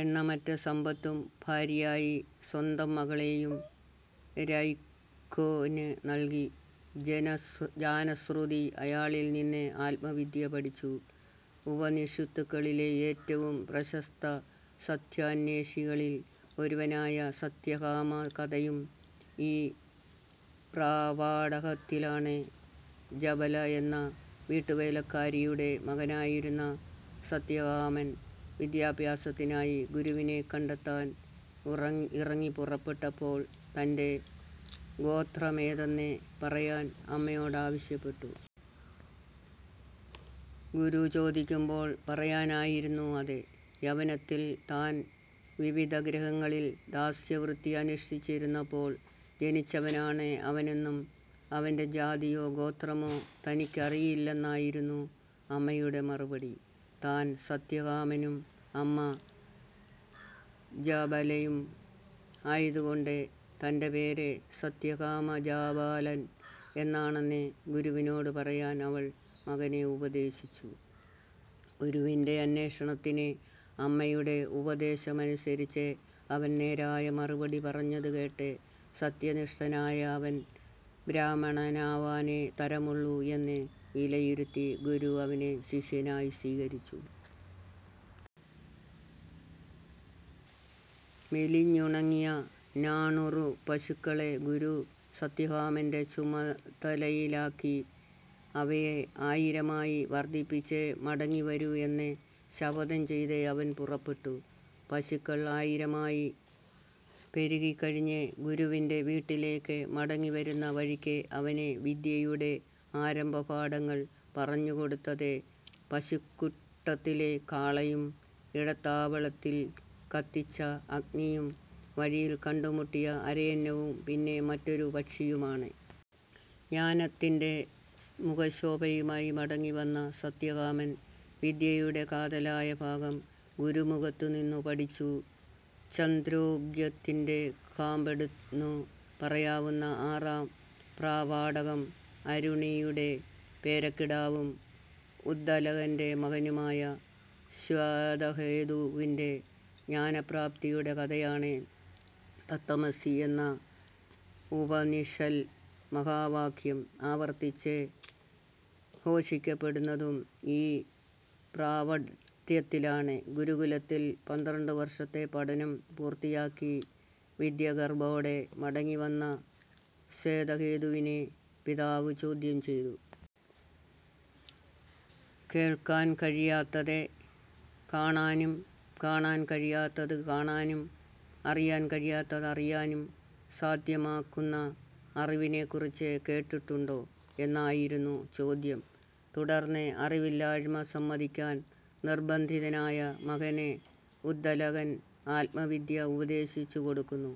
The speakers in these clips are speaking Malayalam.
എണ്ണമറ്റ സമ്പത്തും ഭാര്യയായി സ്വന്തം മകളേയും രൈക്വന് നൽകി ജാനശ്രുതി അയാളിൽ നിന്ന് ആത്മവിദ്യ പഠിച്ചു. ഉപനിഷത്തുകളിലെ ഏറ്റവും പ്രശസ്ത സത്യാന്വേഷികളിൽ ഒരുവനായ സത്യകാമ കഥയും ഈ പ്രപാഠകത്തിലാണ്. ജബല എന്ന വീട്ടുവേലക്കാരിയുടെ മകനായിരുന്ന സത്യകാമൻ വിദ്യാഭ്യാസത്തിനായി ഗുരുവിനെ കണ്ടെത്താൻ ഇറങ്ങിപ്പുറപ്പെട്ടപ്പോൾ, തന്റെ ഗോത്രമേതെന്ന് പറയാൻ അമ്മയോടാവശ്യപ്പെട്ടു. ഗുരു ചോദിക്കുമ്പോൾ പറയാനായിരുന്നു അത്. യൗവനത്തിൽ താൻ വിവിധഗൃഹങ്ങളിൽ ദാസ്യവൃത്തി അനുഷ്ഠിച്ചിരുന്നപ്പോൾ ജനിച്ചവനാണ് അവനെന്നും അവന്റെ ജാതിയോ ഗോത്രമോ തനിക്കറിയില്ലെന്നായിരുന്നു അമ്മയുടെ മറുപടി. താൻ സത്യകാമനും അമ്മ ജബലയും ആയതുകൊണ്ട് തന്റെ പേര് സത്യകാമജാബാലൻ എന്നാണെന്ന് ഗുരുവിനോടു പറയാൻ അവൾ മകനെ ഉപദേശിച്ചു. ഗുരുവിന്റെ അന്വേഷണത്തിന് അമ്മയുടെ ഉപദേശമനുസരിച്ച് അവൻ നേരായ മറുപടി പറഞ്ഞതുകേട്ട്, സത്യനിഷ്ഠനായ അവൻ ബ്രാഹ്മണനാവാനേ തരമുള്ളു എന്ന് വിലയിരുത്തിയ ഗുരു അവനെ ശിഷ്യനായി സ്വീകരിച്ചു. മെലിഞ്ഞുണങ്ങിയ നാണൂറു പശുക്കളെ ഗുരു സത്യകാമന്റെ ചുമതലയിലാക്കി. അവയെ ആയിരമായി വർദ്ധിപ്പിച്ചേ മടങ്ങി വരൂ എന്ന് ശപഥം ചെയ്ത് അവൻ പുറപ്പെട്ടു. പശുക്കൾ ആയിരമായി പെരുകിക്കഴിഞ്ഞ് ഗുരുവിന്റെ വീട്ടിലേയ്ക്ക് മടങ്ങിവരുന്ന വഴിയ്ക്ക് അവന് വിദ്യയുടെ ആരംഭപാഠങ്ങൾ പറഞ്ഞുകൊടുത്തത് പശുക്കൂട്ടത്തിലെ കാളയും, ഇടത്താവളത്തിൽ കത്തിച്ച അഗ്നിയും, വഴിയിൽ കണ്ടുമുട്ടിയ അരയന്നവും പിന്നെ മറ്റൊരു പക്ഷിയുമാണ്. ജ്ഞാനത്തിന്റെ മുഖശോഭയുമായി മടങ്ങിവന്ന സത്യാകാമൻ വിദ്യയുടെ കാതലായ ഭാഗം ഗുരുമുഖത്തുനിന്നും പഠിച്ചു. ഛാന്ദോഗ്യത്തിന്റെ കാമ്പെന്നു പറയാവുന്ന ആറാം പ്രപാഠകം, അരുണിയുടെ പേരക്കിടാവും ഉദ്ദാലകന്റെ മകനുമായ ശ്വേതകേതുവിന്റെ ജ്ഞാനപ്രാപ്തിയുടെ കഥയാണ്. തത്ത്വമസി എന്ന ഉപനിഷൽ മഹാവാക്യം ആവർത്തിച്ച് ഘോഷിക്കപ്പെടുന്നതും ഈ പ്രപാഠത്തിലാണ്. ഗുരുകുലത്തിൽ പന്ത്രണ്ടുവർഷത്തെ പഠനം പൂർത്തിയാക്കി വിദ്യാഗർവ്വോടെ മടങ്ങി വന്ന ശ്വേതകേതുവിനെ പിതാവ് ചോദ്യം ചെയ്തു. "കേൾക്കാൻ കഴിയാത്തത് കേൾക്കാനും, കാണാൻ കഴിയാത്തത് കാണാനും, അറിയാൻ കഴിയാത്തത് അറിയാനും സാധ്യമാക്കുന്ന അറിവിനെക്കുറിച്ച് കേട്ടിട്ടുണ്ടോ" എന്നായിരുന്നു ചോദ്യം. തുടർന്ന്, അറിവില്ലായ്മ സമ്മതിക്കാൻ നിർബ്ബന്ധിതനായ മകന് ഉദ്ദാലകൻ ആത്മവിദ്യ ഉപദേശിച്ചു കൊടുക്കുന്നു.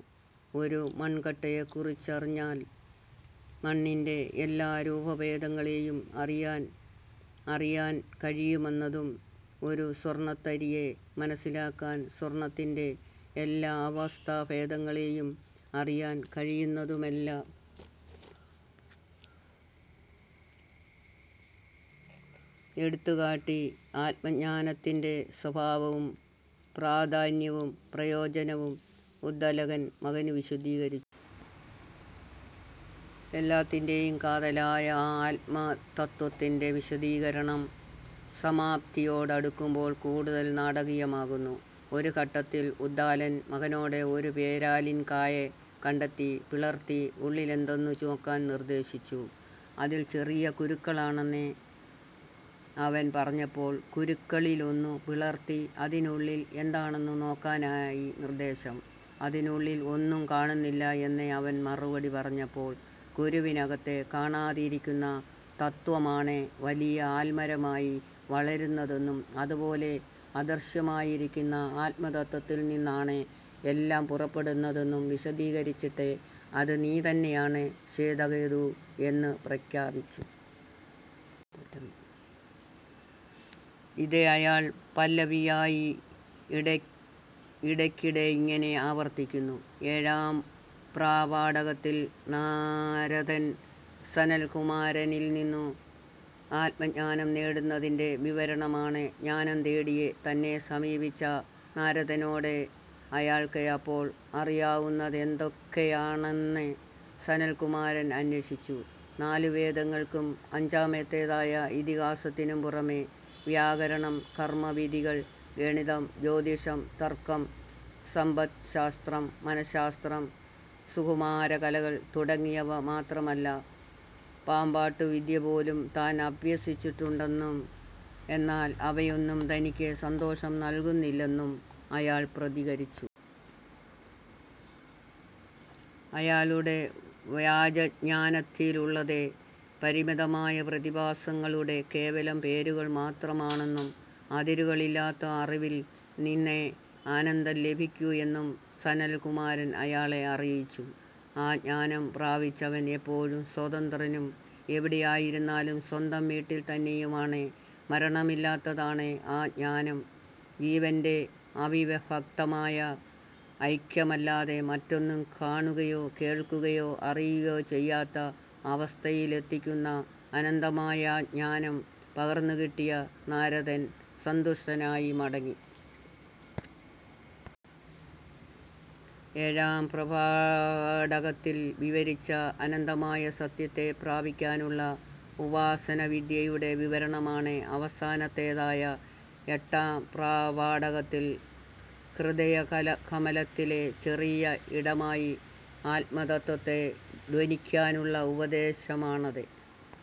ഒരു മൺകട്ടയെക്കുറിച്ചറിഞ്ഞാൽ മണ്ണിന്റെ എല്ലാരൂപഭേദങ്ങളേയും അറിയാൻ അറിയാൻ കഴിയുമെന്നതും, ഒരു സ്വർണ്ണത്തരിയെ മനസ്സിലാക്കിയാൽ സ്വർണ്ണത്തിന്റെ എല്ലാ അവസ്ഥാഭേദങ്ങളേയും അറിയാൻ കഴിയുന്നതുമെല്ലാം എടുത്തുകാട്ടി ആത്മജ്ഞാനത്തിന്റെ സ്വഭാവവും പ്രാധാന്യവും പ്രയോജനവും ഉദ്ദാലകൻ മകനു വിശദീകരിച്ചു. എല്ലാത്തിന്റേയും കാതലായ ആ ആത്മതത്ത്വത്തിന്റെ വിശദീകരണം സമാപ്തിയോടടുക്കുമ്പോൾ കൂടുതൽ നാടകീയമാകുന്നു. ഒരു ഘട്ടത്തിൽ ഉദ്ദാലകൻ മകനോട് ഒരു പേരാലിൻ കായ കണ്ടെത്തി പിളർത്തി ഉള്ളിലെന്തെന്നു നോക്കാൻ നിർദ്ദേശിച്ചു. അതിൽ ചെറിയ കുരുക്കളാണെന്ന് അവൻ പറഞ്ഞപ്പോൾ കുരുക്കളിലൊന്നു പിളർത്തി, അതിനുള്ളിൽ എന്താണെന്നു നോക്കാനായി നിർദ്ദേശം. അതിനുള്ളിൽ ഒന്നും കാണുന്നില്ല എന്ന് അവൻ മറുപടി പറഞ്ഞപ്പോൾ, കുരുവിനകത്ത് കാണാതിരിക്കുന്ന തത്ത്വമാണ് വലിയ ആൽമരമായി വളരുന്നതെന്നും അതുപോലെ അദൃശ്യമായിരിക്കുന്ന ആത്മതത്ത്വത്തിൽ നിന്നാണ് എല്ലാം പുറപ്പെടുന്നതെന്നും വിശദീകരിച്ചിട്ട്, "അത് നീ തന്നെയാണ് ശ്വേതകേതൂ" എന്ന് പ്രഖ്യാപിച്ചു. ഇത് അയാൾ പല്ലവിയായി ഇടക്കിടെ ഇങ്ങനെ ആവർത്തിക്കുന്നു:- ഏഴാം പ്രപാഠകത്തിൽ നാരദൻ സനൽകുമാരനിൽ നിന്നു ആത്മജ്ഞാനം നേടുന്നതിന്റെ വിവരണമാണ്. ജ്ഞാനം തേടി തന്നെ സമീപിച്ച നാരദനോട് അയാൾക്ക് അപ്പോൾ അറിയാവുന്നതെന്തൊക്കെയാണെന്ന് സനൽകുമാരൻ അന്വേഷിച്ചു. നാലു വേദങ്ങൾക്കും അഞ്ചാമത്തേതായ ഇതിഹാസത്തിനും പുറമേ വ്യാകരണം, കർമ്മവിധികൾ, ഗണിതം, ജ്യോതിഷം, തർക്കം, സമ്പദ്ശാസ്ത്രം, മനശാസ്ത്രം, സുകുമാരകലകൾ തുടങ്ങിയവ മാത്രമല്ല, പാമ്പാട്ടുവിദ്യപോലും താൻ അഭ്യസിച്ചിട്ടുണ്ടെന്നും എന്നാൽ അവയൊന്നും തനിക്ക് സന്തോഷം നൽകുന്നില്ലെന്നും അയാൾ പ്രതികരിച്ചു. അയാളുടെ വാചജ്ഞാനത്തിലുള്ളത് പരിമിതമായ പ്രതിഭാസങ്ങളുടെ കേവലം പേരുകൾ മാത്രമാണെന്നും, അതിരുകളില്ലാത്ത അറിവിൽ നിന്നേ ആനന്ദം ലഭിക്കൂ എന്നും സനൽകുമാരൻ അയാളെ അറിയിച്ചു. ആ ജ്ഞാനം പ്രാപിച്ചവൻ എപ്പോഴും സ്വതന്ത്രനും എവിടെയായിരുന്നാലും സ്വന്തം വീട്ടിൽ തന്നെയും ആണ്. മരണമില്ലാത്തതാണ് ആ ജ്ഞാനം. ജീവന്റെ അവിഭക്തമായ ഐക്യമല്ലാതെ മറ്റൊന്നും കാണുകയോ, കേൾക്കുകയോ, അറിയുകയോ ചെയ്യാത്ത അവസ്ഥയിലെത്തിക്കുന്ന അനന്തമായ ആ ജ്ഞാനം പകർന്നുകിട്ടിയ നാരദൻ സന്തുഷ്ടനായി മടങ്ങി. ഏഴാം പ്രപാഠകത്തിൽ വിവരിച്ച അനന്തമായ സത്യത്തെ പ്രാപിക്കാനുള്ള ഉപാസനാവിദ്യയുടെ വിവരണമാണ് അവസാനത്തേതായ എട്ടാം പ്രപാഠകത്തിൽ. ഹൃദയകമലത്തിലെ ചെറിയ ഇടമായി ആത്മതത്ത്വത്തെ ധ്യാനിക്കാനുള്ള ഉപദേശമാണത്.